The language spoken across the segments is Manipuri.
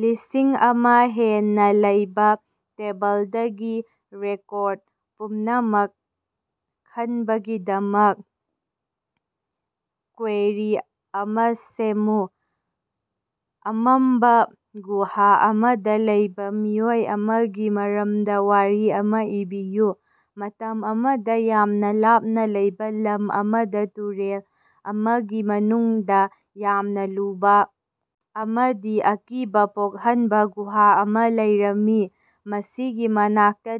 ꯂꯤꯁꯤꯡ ꯑꯃ ꯍꯦꯟꯅ ꯂꯩꯕꯥ ꯇꯦꯕꯜꯗꯒꯤ ꯔꯦꯀꯣꯔꯗ ꯄꯨꯝꯅꯃꯛ ꯈꯟꯕꯒꯤꯗꯃꯛ ꯀ꯭ꯋꯦꯔꯤ ꯑꯃꯥ ꯁꯦꯝꯃꯨ꯫ ꯑꯃꯝꯕ ꯒꯨꯍꯥ ꯑꯃꯗ ꯂꯩꯕꯥ ꯃꯤꯑꯣꯏ ꯑꯃꯒꯤ ꯃꯔꯝꯗ ꯋꯥꯔꯤ ꯑꯃ ꯏꯕꯤꯌꯨ꯫ ꯃꯇꯝ ꯑꯃꯗ ꯌꯥꯝꯅ ꯂꯥꯞꯅ ꯂꯩꯕ ꯂꯝ ꯑꯃꯗ ꯇꯨꯔꯦꯜ ꯑꯃꯒꯤ ꯃꯅꯨꯡꯗ ꯌꯥꯝꯅ ꯂꯨꯕ ꯑꯃꯗꯤ ꯑꯀꯤꯕꯥ ꯄꯣꯛꯍꯟꯕ ꯒꯨꯍꯥ ꯑꯃ ꯂꯩꯔꯝꯃꯤ꯫ ꯃꯁꯤꯒꯤ ꯃꯅꯥꯛꯇ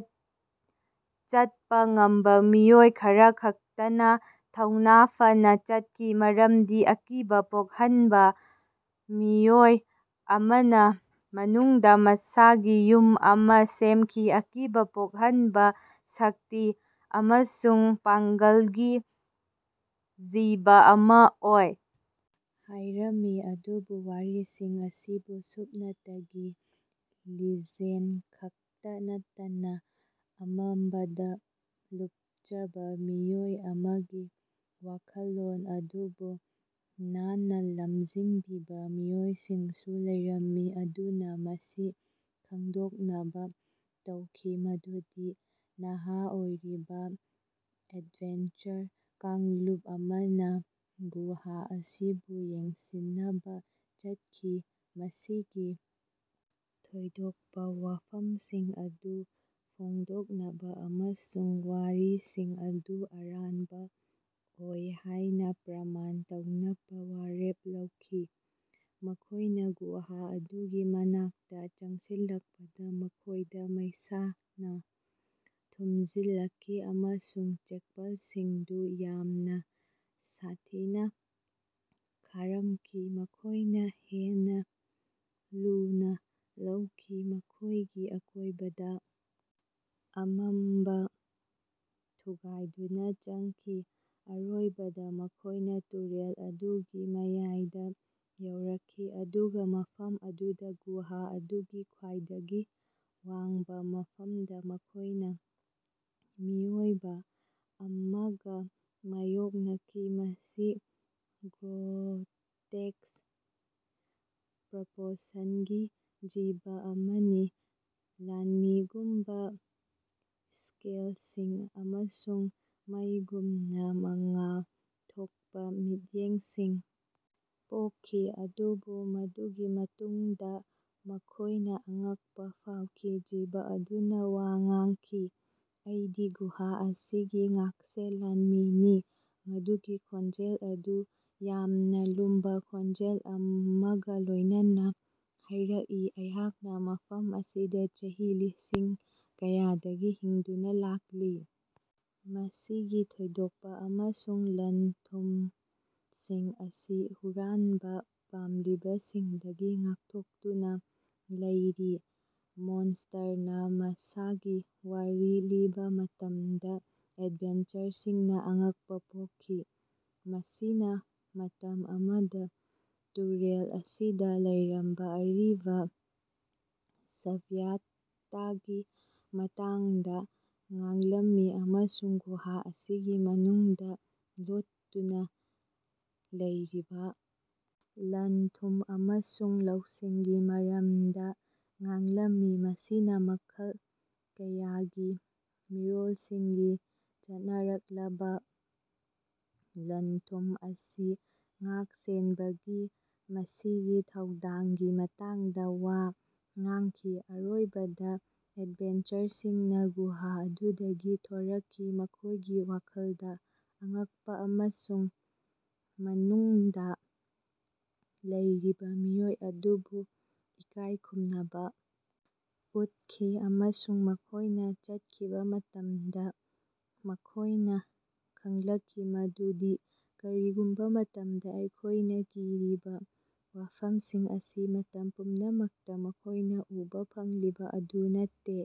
ꯆꯠꯄ ꯉꯝꯕ ꯃꯤꯑꯣꯏ ꯈꯔꯈꯛꯇꯅ ꯊꯧꯅ ꯐꯅꯥ ꯆꯠꯈꯤ ꯃꯔꯝꯗꯤ ꯑꯀꯤꯕꯥ ꯄꯣꯛꯍꯟꯕ ꯃꯤꯑꯣꯏ ꯑꯃꯅ ꯃꯅꯨꯡꯗ ꯃꯁꯥꯒꯤ ꯌꯨꯝ ꯑꯃ ꯁꯦꯝꯈꯤ ꯑꯀꯤꯕ ꯄꯣꯛꯍꯟꯕ ꯁꯛꯇꯤ ꯑꯃꯁꯨꯡ ꯄꯥꯡꯒꯜꯒꯤ ꯖꯤꯕ ꯑꯃ ꯑꯣꯏ ꯍꯥꯢꯔꯝꯃꯤ꯫ ꯑꯗꯨꯕꯨ ꯋꯥꯔꯤꯁꯤꯡ ꯑꯁꯤꯕꯨ ꯁꯨꯞꯅꯇꯒꯤ ꯂꯤꯖꯦꯟꯗ ꯈꯛꯇ ꯅꯠꯇꯅ ꯑꯃꯝꯕꯗ ꯂꯨꯞꯆꯕ ꯃꯤꯑꯣꯏ ꯑꯃꯒꯤ ꯋꯥꯈꯜꯂꯣꯟ ꯑꯗꯨꯕꯨ ꯂꯥꯟꯅꯥ ꯂꯝꯖꯤꯡꯕꯤꯕ ꯃꯤꯑꯣꯏꯁꯤꯡꯁꯨ ꯂꯩꯔꯝꯃꯤ꯫ ꯑꯗꯨꯅ ꯃꯁꯤ ꯈꯪꯗꯣꯛꯅꯕ ꯇꯧꯈꯤ ꯃꯗꯨꯗꯤ ꯅꯍꯥ ꯑꯣꯏꯔꯤꯕ ꯑꯦꯗꯚꯦꯟꯆꯔ ꯀꯥꯡꯂꯨꯞ ꯑꯃꯅ ꯒꯨꯍꯥ ꯑꯁꯤꯕꯨ ꯌꯦꯡꯁꯤꯟꯅꯕ ꯆꯠꯈꯤ ꯃꯁꯤꯒꯤ ꯊꯣꯏꯗꯣꯛꯄ ꯋꯥꯐꯝꯁꯤꯡ ꯑꯗꯨ ꯐꯣꯡꯗꯣꯛꯅꯕ ꯑꯃꯁꯨꯡ ꯋꯥꯔꯤꯁꯤꯡ ꯑꯗꯨ ꯑꯔꯥꯟꯕ ꯑꯣꯏ ꯍꯥꯢꯅ ꯄ꯭ꯔꯃꯥꯟ ꯇꯧꯅꯕ ꯋꯥꯔꯦꯞ ꯂꯧꯈꯤ꯫ ꯃꯈꯣꯢꯅ ꯒꯨꯍꯥ ꯑꯗꯨꯒꯤ ꯃꯅꯥꯛꯇ ꯆꯪꯂꯛꯄꯗ ꯃꯈꯣꯏꯗ ꯃꯩꯁꯥꯅ ꯊꯨꯝꯖꯤꯜꯂꯛꯈꯤ ꯑꯃꯁꯨꯡ ꯆꯦꯛꯄꯜꯁꯤꯡꯗꯨ ꯌꯥꯝꯅ ꯁꯥꯊꯤꯅ ꯈꯥꯔꯝꯈꯤ꯫ ꯃꯈꯣꯢꯅ ꯍꯦꯟꯅ ꯂꯨꯅ ꯂꯧꯈꯤ ꯃꯈꯣꯢꯒꯤ ꯑꯀꯣꯢꯕꯗ ꯑꯃꯝꯕ ꯊꯨꯒꯥꯢꯗꯨꯅ ꯆꯪꯈꯤ ꯑꯔꯣꯏꯕꯗ ꯃꯈꯣꯏꯅ ꯇꯨꯔꯦꯜ ꯑꯗꯨꯒꯤ ꯃꯌꯥꯏꯗ ꯌꯧꯔꯛꯈꯤ꯫ ꯑꯗꯨꯒ ꯃꯐꯝ ꯑꯗꯨꯗ ꯒꯨꯍꯥ ꯑꯗꯨꯒꯤ ꯈ꯭ꯋꯥꯏꯗꯒꯤ ꯋꯥꯡꯕꯥ ꯃꯐꯝꯗ ꯃꯈꯣꯢꯅ ꯃꯤꯑꯣꯏꯕ ꯑꯃꯒ ꯃꯥꯌꯣꯛꯅꯈꯤ꯫ ꯃꯁꯤ ꯒ꯭ꯔꯣꯇꯦꯁ꯭ꯛ ꯄ꯭ꯔꯣꯄꯣꯔꯁꯟꯒꯤ ꯖꯤꯕ ꯑꯃꯅꯤ ꯂꯥꯟꯃꯤꯒꯨꯝꯕꯥ ꯁ꯭ꯀꯦꯜꯁꯤꯡ ꯑꯃꯁꯨꯡ ꯃꯩꯒꯨꯝꯅ ꯃꯉꯥꯜ ꯊꯣꯛꯄ ꯃꯤꯠꯌꯦꯡꯁꯤꯡ ꯄꯣꯛꯈꯤ꯫ ꯑꯗꯨꯕꯨ ꯃꯗꯨꯒꯤ ꯃꯇꯨꯡꯗ ꯃꯈꯣꯢꯅ ꯑꯉꯛꯄ ꯐꯥꯎꯈꯤ ꯖꯤꯕ ꯑꯗꯨꯅ ꯋꯥ ꯉꯥꯡꯈꯤ꯫ ꯑꯩꯗꯤ ꯒꯨꯍꯥ ꯑꯁꯤꯒꯤ ꯉꯥꯛꯁꯦꯜ ꯂꯥꯟꯃꯤꯅꯤ ꯃꯗꯨꯒꯤ ꯈꯣꯟꯖꯦꯜ ꯑꯗꯨ ꯌꯥꯝꯅ ꯂꯨꯝꯕ ꯈꯣꯟꯖꯦꯜ ꯑꯃꯒ ꯂꯣꯢꯅꯅꯥ ꯍꯥꯏꯔꯛꯏ꯫ ꯑꯩꯍꯥꯛꯅꯥ ꯃꯐꯝ ꯑꯁꯤꯗꯥ ꯆꯍꯤ ꯂꯤꯁꯤꯡ ꯀꯌꯥꯗꯒꯤ ꯍꯤꯡꯗꯨꯅꯥ ꯂꯥꯛꯂꯤ ꯃꯁꯤꯒꯤ ꯊꯣꯏꯗꯣꯛꯄ ꯑꯃꯁꯨꯡ ꯂꯟ-ꯊꯨꯝꯁꯤꯡ ꯑꯁꯤ ꯍꯨꯔꯥꯟꯕꯥ ꯄꯥꯝꯂꯤꯕꯁꯤꯡꯗꯒꯤ ꯉꯥꯛꯊꯣꯛꯇꯨꯅ ꯂꯩꯔꯤ꯫ ꯃꯣꯟꯁꯇꯔꯅ ꯃꯁꯥꯒꯤ ꯋꯥꯔꯤ ꯂꯤꯕꯥ ꯃꯇꯝꯗ ꯑꯦꯗꯚꯦꯟꯆꯔꯁꯤꯡꯅ ꯑꯉꯛꯄ ꯄꯣꯛꯈꯤ꯫ ꯃꯁꯤꯅ ꯃꯇꯝ ꯑꯃꯗ ꯇꯨꯔꯦꯜ ꯑꯁꯤꯗ ꯂꯩꯔꯝꯕ ꯑꯔꯤꯕꯥ ꯁꯚ꯭ꯌꯇꯥꯒꯤ ꯃꯇꯥꯡꯗ ꯉꯥꯡꯂꯝꯃꯤ ꯑꯃꯁꯨꯡ ꯒꯨꯍꯥ ꯑꯁꯤꯒꯤ ꯃꯅꯨꯡꯗ ꯂꯣꯠꯇꯨꯅꯥ ꯂꯩꯔꯤꯕꯥ ꯂꯟ-ꯊꯨꯝ ꯑꯃꯁꯨꯡ ꯂꯧꯁꯤꯡꯒꯤ ꯃꯔꯝꯗ ꯉꯥꯡꯂꯝꯃꯤ꯫ ꯃꯁꯤꯅꯥ ꯃꯈꯜ ꯀꯌꯥꯒꯤ ꯃꯤꯔꯣꯜꯁꯤꯡꯒꯤ ꯆꯠꯅꯔꯛꯂꯕꯥ ꯂꯟ-ꯊꯨꯝꯁꯤꯡ ꯑꯁꯤ ꯉꯥꯛ-ꯁꯦꯟꯕꯒꯤ ꯃꯁꯤꯒꯤ ꯊꯧꯗꯥꯡꯒꯤ ꯃꯇꯥꯡꯗꯥ ꯋꯥ ꯉꯥꯡꯈꯤ꯫ ꯑꯔꯣꯏꯕꯗ ꯑꯦꯗꯚꯦꯟꯆꯔꯁꯤꯡꯅꯥ ꯒꯨꯍꯥ ꯑꯗꯨꯗꯒꯤ ꯊꯣꯔꯛꯈꯤ ꯃꯈꯣꯢꯒꯤ ꯋꯥꯈꯜꯗ ꯑꯉꯛꯄ ꯑꯃꯁꯨꯡ ꯃꯅꯨꯡꯗ ꯂꯩꯔꯤꯕ ꯃꯤꯑꯣꯏ ꯑꯗꯨꯕꯨ ꯏꯀꯥꯢ ꯈꯨꯝꯅꯕ ꯎꯠꯈꯤ꯫ ꯑꯃꯁꯨꯡ ꯃꯈꯣꯢꯅ ꯆꯠꯈꯤꯕ ꯃꯇꯝꯗ ꯃꯈꯣꯢꯅ ꯈꯪꯂꯛꯈꯤ ꯃꯗꯨꯗꯤ ꯀꯔꯤꯒꯨꯝꯕꯥ ꯃꯇꯝꯗ ꯑꯩꯈꯣꯢꯅ ꯀꯤꯔꯤꯕ ꯋꯥꯐꯝꯁꯤꯡ ꯑꯁꯤ ꯃꯇꯝ ꯄꯨꯝꯅꯃꯛꯇ ꯃꯈꯣꯢꯅ ꯎꯕ ꯐꯪꯂꯤꯕ ꯑꯗꯨ ꯅꯠꯇꯦ꯫